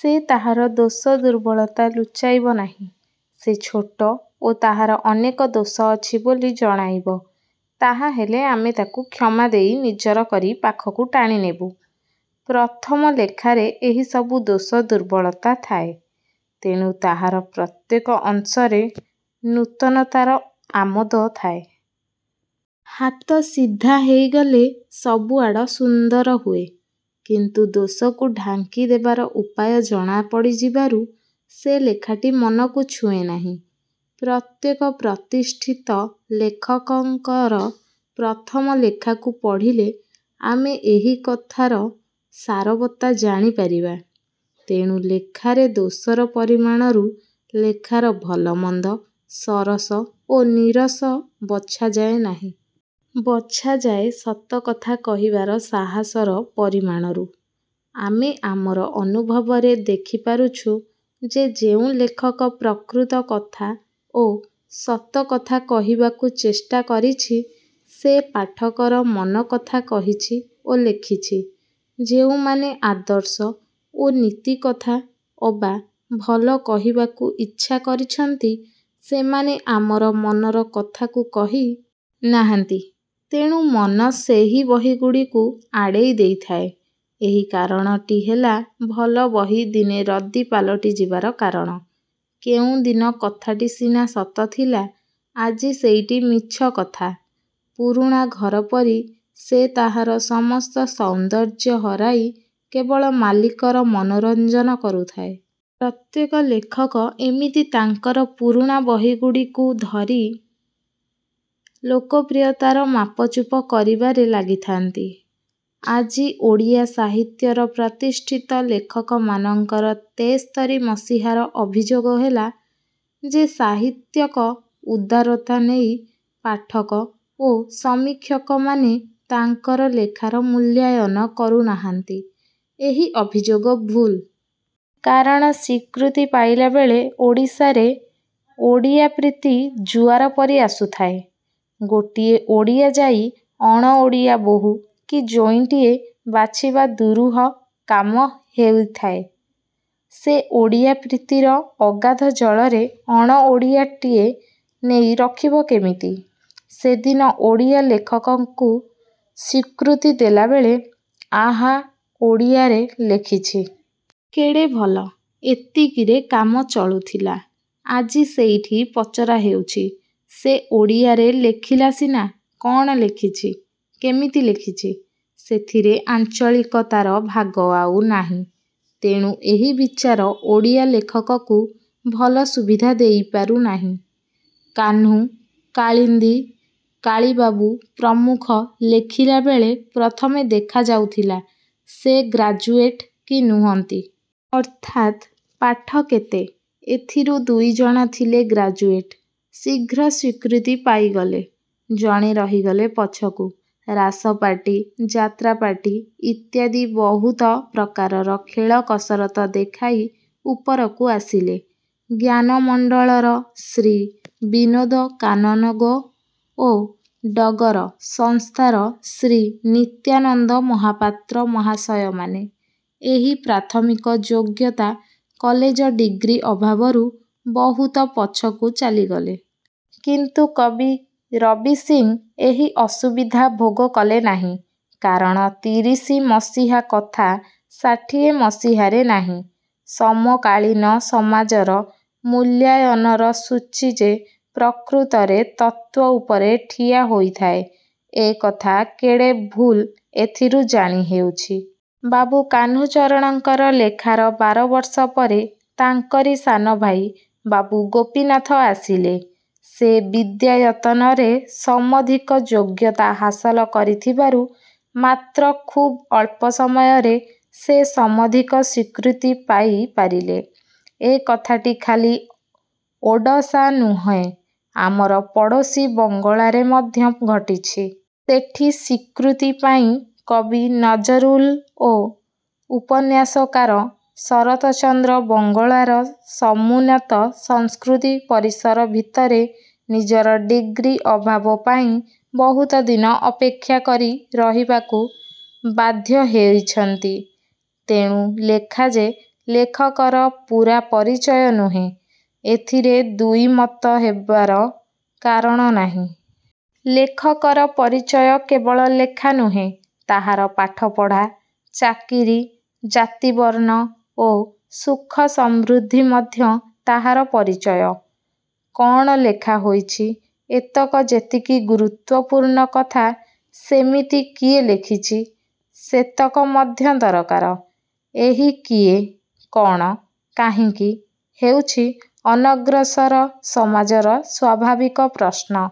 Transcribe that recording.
ସେ ତାହାର ଦୋଷ ଦୁର୍ବଳତା ଲୁଚାଇବ ନାହିଁ। ସେ ଛୋଟ ଓ ତାହାର ଅନେକ ଦୋଷ ଅଛି ବୋଲି ଜଣାଇବ। ତାହାହେଲେ ଆମେ ତା'କୁ କ୍ଷମା ଦେଇ ନିଜର କରି ପାଖକୁ ଟାଣିନେବୁ। ପ୍ରଥମ ଲେଖାରେ ଏହି ସବୁ ଦୋଷ ଦୁର୍ବଳତା ଥାଏ। ତେଣୁ ତାହାର ପ୍ରତ୍ୟେକ ଅଂଶରେ ନୂତନତାର ଆମୋଦ ଥାଏ। ହାତ ସିଧା ହେଇଗଲେ ସବୁଆଡ଼ ସୁନ୍ଦର ହୁଏ। କିନ୍ତୁ ଦୋଷକୁ ଢାଙ୍କି ଦେବାର ଉପାୟ ଜଣାପଡ଼ିଯିବାରୁ ସେ ଲେଖାଟି ମନକୁ ଛୁଏଁ ନାହିଁ। ପ୍ରତ୍ୟେକ ପ୍ରତିଷ୍ଠିତ ଲେଖକଙ୍କର ପ୍ରଥମ ଲେଖାକୁ ପଢ଼ିଲେ ଆମେ ଏହି କଥାର ସାରବତ୍ତା ଜାଣି ପାରିବା। ତେଣୁ ଲେଖାରେ ଦୋଷର ପରିମାଣରୁ ଲେଖାର ଭଲମନ୍ଦ ସରସ ଓ ନୀରସ ବଛାଯାଏ ନାହିଁ। ବଛାଯାଏ ସତକଥା କହିବାର ସାହାସର ପରିମାଣରୁ। ଆମେ ଆମର ଅନୁଭବରେ ଦେଖିପାରୁଛୁ ଯେ ଯେଉଁ ଲେଖକ ପ୍ରକୃତ କଥା ଓ ସତ କଥା କହିବାକୁ ଚେଷ୍ଟା କରିଛି ସେ ପାଠକର ମନ କଥା କହିଛି ଓ ଲେଖିଛି। ଯେଉଁମାନେ ଆଦର୍ଶ ଓ ନୀତି କଥା ଅବା ଭଲ କହିବାକୁ ଇଚ୍ଛା କରିଛନ୍ତି ସେମାନେ ଆମର ମନର କଥାକୁ କହି। ନାହାନ୍ତି-। ତେଣୁ ମନ ସେହି ବହିଗୁଡ଼ିକୁ ଆଡ଼େଇ ଦେଇଥାଏ। ଏହି କାରଣଟି ହେଲା ଭଲ ବହି ଦିନେ ରଦ୍ଦି ପାଲଟି ଯିବାର କାରଣ। କେଉଁଦିନ କଥାଟି ସିନା ସତ ଥିଲା। ଆଜି ସେଇଟି ମିଛ କଥା। ପୁରୁଣା ଘର ପରି ସେ ତାହାର ସମସ୍ତ ସୌନ୍ଦର୍ଯ୍ୟ ହରାଇ କେବଳ ମାଲିକର ମନୋରଞ୍ଜନ କରୁଥାଏ। ପ୍ରତ୍ୟେକ ଲେଖକ ଏମିତି ତାଙ୍କର ପୁରୁଣା ବହିଗୁଡ଼ିକୁ ଧରି ଲୋକପ୍ରିୟତାର ମାପଚୁପ କରିବାରେ ଲାଗିଥାନ୍ତି। ଆଜି ଓଡ଼ିଆ ସାହିତ୍ୟର ପ୍ରତିଷ୍ଠିତ ଲେଖକମାନଙ୍କର ତେସ୍ତରି ମସିହାର ଅଭିଯୋଗ ହେଲା ଯେ ସାହିତ୍ୟକ ଉଦାରତା ନେଇ ପାଠକ ଓ ସମୀକ୍ଷକମାନେ ତାଙ୍କର ଲେଖାର ମୂଲ୍ୟାୟନ କରୁନାହାନ୍ତି। ଏହି ଅଭିଯୋଗ ଭୁଲ୍। କାରଣ ସ୍ୱୀକୃତି ପାଇଲାବେଳେ ଓଡ଼ିଶାରେ ଓଡ଼ିଆ ପ୍ରୀତି ଜୁଆର ପରି ଆସୁଥାଏ। ଗୋଟିଏ ଓଡ଼ିଆ ଯାଇ ଅଣଓଡ଼ିଆ ବୋହୂ କି ଜୋଇଁଟିଏ ବାଛିବା ଦୂରୂହ କାମ ହେଇଥାଏ। ସେ ଓଡ଼ିଆ-ପ୍ରୀତିର ଅଗାଧ ଜଳରେ ଅଣଓଡ଼ିଆଟିଏ ନେଇ ରଖିବ କେମିତି? ସେଦିନ ଓଡ଼ିଆ ଲେଖକକୁ ସ୍ୱୀକୃତି ଦେଲାବେଳେ-ଆହା-ଓଡ଼ିଆରେ ଲେଖିଛି? -କେଡ଼େ ଭଲ! ଏତିକିରେ କାମ ଚଳୁଥିଲା। ଆଜି ସେଇଠି ପଚରା ହେଉଛି-ସେ ଓଡ଼ିଆରେ ଲେଖିଲା ସିନା। କ'ଣ ଲେଖିଛି? -କେମିତି ଲେଖିଛି? ସେଥିରେ ଆଞ୍ଚଳିକତାର ଭାଗ ଆଉ ନାହିଁ। ତେଣୁ ଏହି ବିଚାର ଓଡ଼ିଆ ଲେଖକକୁ ଭଲ ସୁବିଧା ଦେଇପାରୁ ନାହିଁ। କାହ୍ନୁ-କାଳିନ୍ଦୀ-କାଳୀବାବୁ ପ୍ରମୁଖ ଲେଖିଲାବେଳେ ପ୍ରଥମେ ଦେଖାଯାଉଥିଲା ସେ ଗ୍ରାଜୁଏଟ୍ କି ନୁହନ୍ତି? ଅର୍ଥାତ୍ ପାଠ କେତେ? ଏଥିରୁ ଦୁଇଜଣ ଥିଲେ ଗ୍ରାଜୁଏଟ୍। ଶୀଘ୍ର ସ୍ୱୀକୃତି ପାଇଗଲେ। ଜଣେ ରହିଗଲେ ପଛକୁ-ରାସପାର୍ଟି, ଯାତ୍ରାପାର୍ଟି ଇତ୍ୟାଦି ବହୁତ ପ୍ରକାରର ଖେଳ କସରତ ଦେଖାଇ ଉପରକୁ ଆସିଲେ। ''ଜ୍ଞାନମଣ୍ଡଳର'' ଶ୍ରୀ ବିନୋଦ କାନନଗୋ ଓ ''ଡଗର'' ସଂସ୍ଥାର ଶ୍ରୀ ନିତ୍ୟାନନ୍ଦ ମହାପାତ୍ର ମହାଶୟମାନେ ଏହି ପ୍ରାଥମିକ ଯୋଗ୍ୟତା କଲେଜ ଡିଗ୍ରୀ ଅଭାବରୁ ବହୁତ ପଛକୁ ଚାଲିଗଲେ। କିନ୍ତୁ କବି ରବି ସିଂ ଏହି ଅସୁବିଧା ଭୋଗ କଲେ ନାହିଁ। କାରଣ ତିରିଶି ମସିହା କଥା ଷାଠିଏ ମସିହାରେ ନାହିଁ। ସମକାଳୀନ ସମାଜର ମୂଲ୍ୟାୟନର ସୂଚୀ ଯେ ପ୍ରକୃତରେ ତତ୍ତ୍ୱ ଉପରେ ଠିଆ ହୋଇଥାଏ ଏ କଥା କେଡ଼େ ଭୁଲ୍ ଏଥିରୁ ଜାଣି ହେଉଛି। ବାବୁ କାହ୍ନୁଚରଣଙ୍କର ଲେଖାର ବାରବର୍ଷ ପରେ ତାଙ୍କରି ସାନଭାଇ ବାବୁ ଗୋପୀନାଥ ଆସିଲେ। ସେ ବିଦ୍ୟାୟତନରେ ସମଧିକ ଯୋଗ୍ୟତା ହାସଲ କରିଥିବାରୁ ମାତ୍ର ଖୁବ୍ ଅଳ୍ପ ସମୟରେ ସେ ସମଧିକ ସ୍ୱୀକୃତି ପାଇ ପାରିଲେ। ଏ କଥାଟି ଖାଲି ଓଡ଼ଶା ନୁହେଁ ଆମର ପଡ଼ୋଶୀ ବଙ୍ଗଳାରେ ମଧ୍ୟ ଘଟିଛି। ସେଠି ସ୍ୱୀକୃତି ପାଇଁ କବି ନଜରୁଲ୍ ଓ ଉପନ୍ୟାସକାର ଶରତ ଚନ୍ଦ୍ର ବଙ୍ଗଳାର ସମୁନ୍ନତ ସଂସ୍କୃତି ପରିସର ଭିତରେ ନିଜର ଡିଗ୍ରୀ ଅଭାବ ପାଇଁ ବହୁତ ଦିନ ଅପେକ୍ଷା କରି ରହିବାକୁ ବାଧ୍ୟ ହେଇଛନ୍ତି। ତେଣୁ ଲେଖା ଯେ ଲେଖକର ପୂରା ପରିଚୟ ନୁହେଁ ଏଥିରେ ଦୁଇ ମତ ହେବାର କାରଣ ନାହିଁ। ଲେଖକର ପରିଚୟ କେବଳ ଲେଖା ନୁହେଁ-ତାହାର ପାଠପଢ଼ା, ଚାକିରି, ଜାତିବର୍ଣ୍ଣ ଓ ସୁଖ ସମୃଦ୍ଧି ମଧ୍ୟ ତାହାର ପରିଚୟ। କ'ଣ ଲେଖା ହୋଇଛି-ଏତକ ଯେମିତି ଗୁରୁତ୍ୱ ପୂର୍ଣ୍ଣ କଥା ସେମିତି କିଏ ଲେଖିଛି? -ସେତକ ମଧ୍ୟ ଦରକାର। ଏହି କିଏ? -କ'ଣ? -କାହିଁକି? -ହେଉଛି ଅନଗ୍ରସର ସମାଜର ସ୍ୱାଭାବିକ ପ୍ରଶ୍ନ।